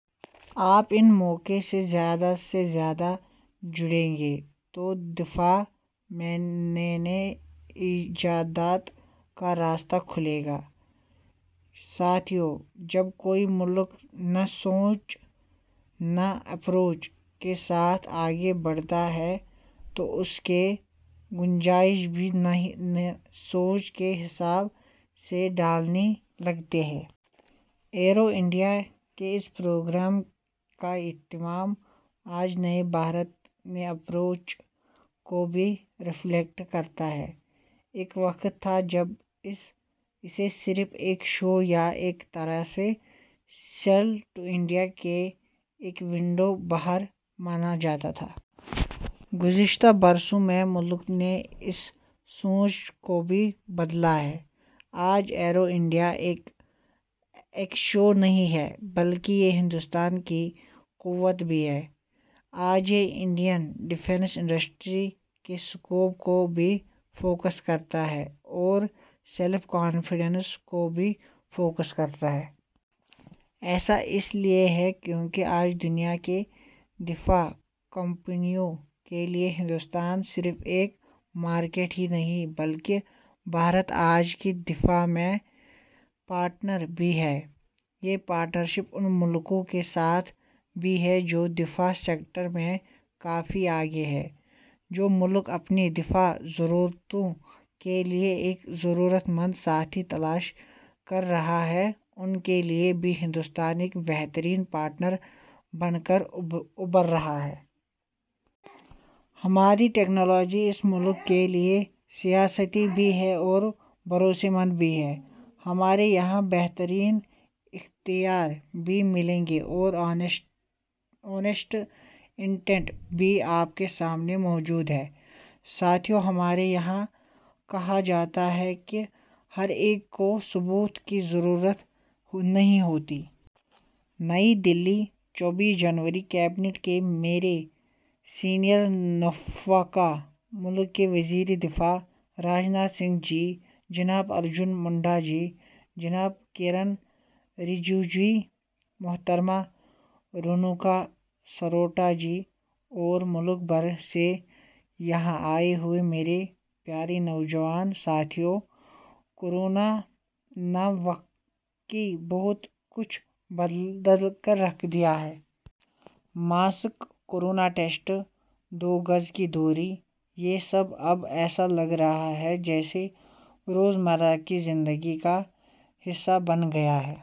آپ ان مواقع سے زیادہ سے زیادہ جڑیں گے تو دفاع میں نئی نئی ایجادات کا راستہ کھلے گا۔ ساتھیوں، جب کوئی ملک نئی سوچ، نئی اپروچ کے ساتھ آگے بڑھتا ہے تو اس کی گنجائش بھی نئی سوچ کے حساب سے ڈھلنے لگتی ہے۔ ایرو انڈیا کے اس پروگرام کا اہتمام آج نئے بھارت کی نئی اپروچ کو بھی ریفلیکٹ کرتا ہے۔ ایک وقت تھا جب اسے صرف ایک شو یا ایک طرح سے سیل ٹو انڈیا کی ایک ونڈو بھر مانا جاتا تھا۔ گزشتہ برسوں میں ملک نے اس سوچ کو بھی بدلا ہے۔ آج ایرو انڈیا صرف ایک شو نہیں ہے بلکہ یہ ہندوستان کی قوت بھی ہے۔ آج یہ انڈین ڈیفینس انڈسٹری کے اسکوپ کو بھی فوکس کرتا ہے اور سیلف کانفیڈنس کو بھی فوکس کرتا ہے۔ ایسا اس لیے ہے کیونکہ آج دنیا کی دفاعی کمپنیوں کے لیے ہندوستان صرف ایک مارکیٹ ہی نہیں بلکہ بھارت آج ایک دفاعی پارٹنر بھی ہے۔ یہ پارٹنرشپ ان ملکوں کے ساتھ بھی ہے جو دفاعی سیکٹر میں کافی آگے ہیں، جو ملک اپنی دفاعی ضرورتوں کے لیے ایک ضرورت مند ساتھی تلاش کر رہے ہیں، ان کے لیے بھی ہندوستان ایک بہترین پارٹنر بن کر ابھر رہا ہے۔ ہماری ٹیکنالوجی ان ملکوں کے لیے سستی بھی ہے اور بھروسے مند بھی ہے۔ ہمارے یہاں بہترین اختراع بھی ملے گا اور آنسٹ انٹینٹ بھی آپ کے سامنے موجود ہے۔ ساتھیوں، ہمارے یہاں کہا جاتا ہے کہ ہر ایک کو ثبوت کی ضرورت نہیں ہوتی۔ نئی دہلی، چوبیس جنوری۔ کابینہ کے میرے سینئر رفقا، ملک کے وزیر دفاع راجناتھ سنگھ جی، جناب ارجن منڈا جی، جناب کرن رجیجو جی، محترمہ رینوکا سروٹا جی اور ملک بھر سے یہاں آئے ہوئے میرے پیارے نوجوان ساتھیوں، کرونا نے واقعی بہت کچھ بدل کر رکھ دیا ہے۔ ماسک، کرونا ٹیسٹ، دو گز کی دوری، یہ سب اب ایسے لگ رہا ہے جیسے روزمرہ کی زندگی کا حصہ بن گیا ہے۔